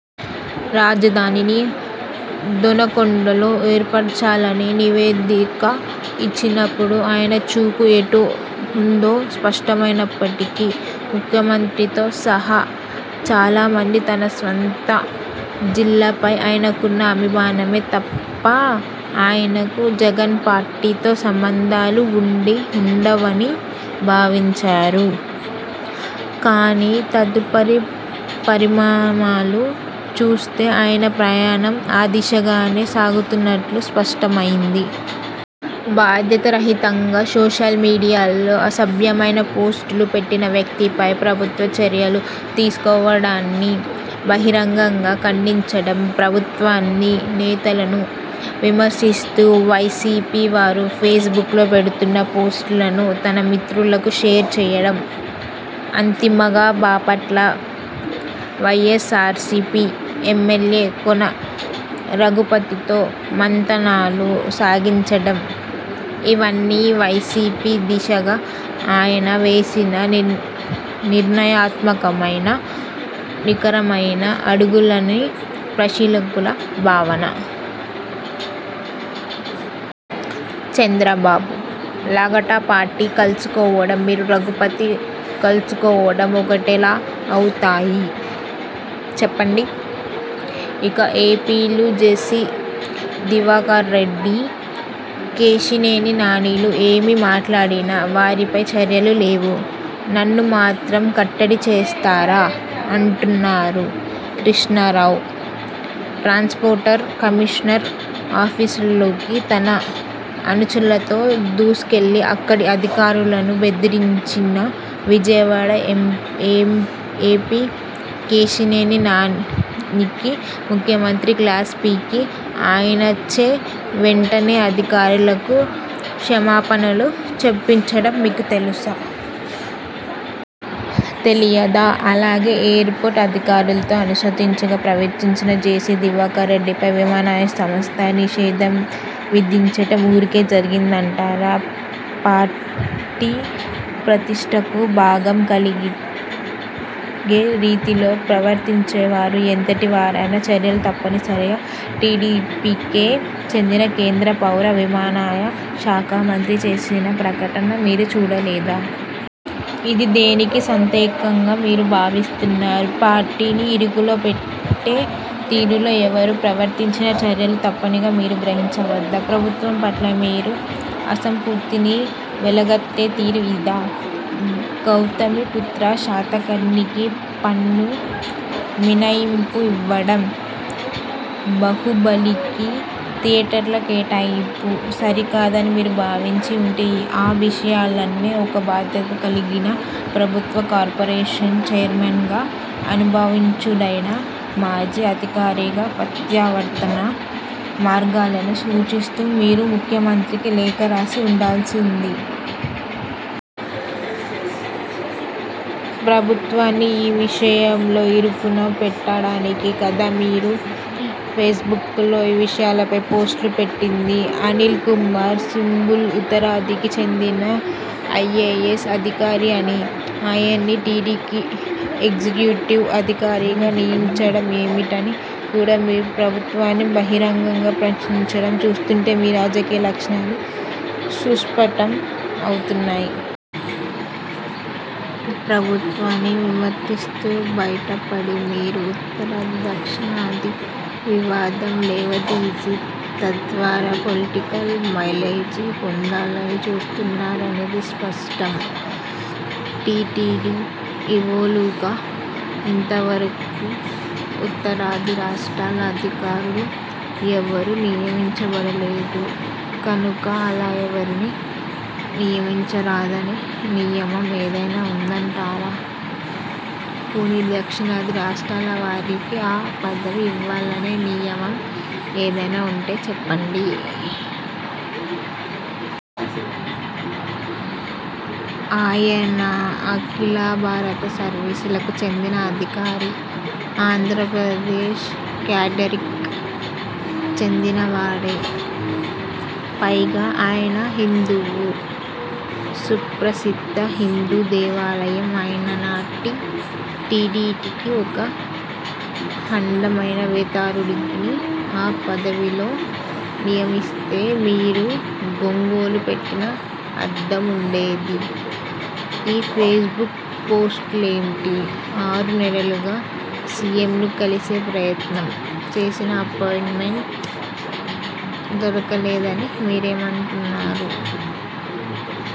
రాజధానిని దొనకొండలో ఏర్పరచాలని నివేదిక ఇచ్చినప్పుడే ఆయన చూపు ఎటు ఉందో స్పష్టమైనప్పటికీ, ముఖ్యమంత్రితో సహా చాలా మంది తన స్వంత జిల్లా పైన ఆయనకున్న అభిమానమే తప్ప ఆయనకు జగన్ పార్టీతో సంబంధాలు ఉండి ఉండవని భావించారు. కానీ తదుపరి పరిణామాలు చూస్తే ఆయన ప్రయాణం ఆ దిశగానే సాగుతున్నట్లు స్పష్టమైంది. బాధ్యతారహితంగా సోషల్ మీడియాలో అసభ్యమైన పోస్టులు పెట్టిన వ్యక్తి పై ప్రభుత్వం చర్యలు తీసుకోవడాన్ని బహిరంగంగా ఖండించడం, ప్రభుత్వాన్ని, నేతలను విమర్శిస్తూ వైసీపీ వారు ఫేస్ బుక్లో పెడుతున్న పోస్టులను తన మిత్రులకు షేర్ చేయడం, అంతిమంగా బాపట్ల వైయస్ఆర్సీపీ ఎమ్మెల్యే కోన రఘుపతితో మంతనాలు సాగించడం -ఇవన్నీ వైసీపీ దిశగా ఆయన వేసిన నిర్ణయాత్మకమైన, నికరమైన అడుగులేనని పరిశీలకుల భావన. చంద్రబాబు – లగడపాటి కలుసుకోవడం, మీరూ రఘుపతి కలుసుకోవడం ఒకటెలా అవుతాయి? చెప్పండి. ఇక ఎంపీలు జేసీ దివాకరరెడ్డి, కేశినేని నానిలు ఏమి మాట్లాడినా వారిపై చర్యలు లేవు. నన్ను మాత్రం కట్టడి చేస్తారా? అంటున్నారు కృష్ణారావు. ట్రాన్స్పోర్ట్ కమిషనర్ ఆఫీసులోకి తన అనుచరులతో దూసుకెళ్లి అక్కడి అధికారులను బెదిరించిన విజయవాడ ఎంపీ కేశినేని నానికి ముఖ్యమంత్రి క్లాస్ పీకి, ఆయనచే వెంటనే అధికారులకు క్షమాపణలు చెప్పించడం మీకు తెలుసా? తెలియదా? అలాగే ఎయిర్ పోర్ట్ అధికారులతో అనుచితంగా ప్రవర్తించిన జేసీ దివాకరరెడ్డి పై విమానయాన సంస్థలు నిషేధం విధించడం ఊరికే జరిగిందంటారా? పార్టీ ప్రతిష్ఠకు భంగం కలిగే రీతిలో ప్రవర్తించినవారు ఎంతటి వారైనా చర్యలు తప్పవని టీడీపీకే చెందిన కేంద్ర పౌర విమానయాన శాఖా మంత్రి చేసిన ప్రకటన మీరు చూడలేదా? ఇది దేనికి సంకేతంగా మీరు భావిస్తున్నారు? పార్టీని ఇరుకునపెట్టే తీరులో ఎవరు ప్రవర్తించినా చర్యలు తప్పవని మీరు గ్రహించవద్దా? ప్రభుత్వం పట్ల మీ అసంతృప్తిని వెళ్లగక్కే తీరు ఇదా? గౌతమీపుత్ర శాతకర్ణికి పన్ను మినహాయింపు ఇవ్వడం, బాహుబలి–- కి థియేటర్ల కేటాయింపు సరికాదని మీరు భావించి ఉంటే ఆ విషయాలనే ఒక బాధ్యతకలిగిన ప్రభుత్వ కార్పొరేషన్ చైర్మన్గా, అనుభవజ్ఞుడైన మాజీ అధికారిగా ప్రత్యామ్నాయ మార్గాలను సూచిస్తూ, మీరు ముఖ్యమంత్రికి లేఖ రాసి ఉండాల్సింది. ప్రభుత్వాన్ని ఈ విషయంలో ఇరుకున పెట్టడానికి కాదా మీరు ఫేస్బుక్లో ఈ విషయాలపై పోస్టులు పెట్టింది? అనిల్ కుమార్ సింఘాల్ ఉత్తరాదికి చెందిన ఐఏఎస్ అధికారి అనీ, ఆయన్ని టీటీడీకి ఎగ్జిక్యూటివ్ అధికారిగా నియమించడం ఏమిటని కూడా మీరు ప్రభుత్వాన్ని బహిరంగంగా ప్రశ్నించడం చూస్తుంటే మీ రాజకీయ లక్ష్యాలు సుస్పష్టం అవుతున్నాయి. ప్రభుత్వాన్ని విమర్శిస్తూ బయటపడి, మీరు ఉత్తరాది – దక్షిణాది వివాదం లేవదీసి, తద్వారా పొలిటికల్ మైలేజి పొందాలని చూస్తున్నారనేది స్పష్టం. టీటీడీ ఈవోలుగా ఇంతవరకు ఉత్తరాది రాష్ట్రాల అధికారులు ఎవరూ నియమించబడలేదు కనుక అలా ఎవరినీ నియమించరాదనే నియమం ఏదైనా ఉన్నదంటారా? పోనీ దక్షిణాది రాష్ట్రాల వారికే ఆ పదవి ఇవ్వాలనే నియమం ఏదైనా ఉంటే చెప్పండి. ఆయన అఖిలభారత సర్వీసులకు చెందిన అధికారి. ఆంధ్రప్రదేశ్ క్యాడర్కి చెందినవాడే. పైగా ఆయన హిందువు. సుప్రసిద్ధ హిందూ దేవాలయం అయినట్టి టీటీడీకి ఒక హైందవేతరుడిని ఆ పదవిలో నియమిస్తే మీరు గగ్గోలు పెట్టినా అర్థం ఉండేది. ఈ ఫేస్బుక్ పోస్టులు ఏమిటి? ఆరు నెలలుగా సీఎంను కలిసే ప్రయత్నం చేసినా అపాయింట్ మెంట్ దొరకలేదని మీరంటున్నారు.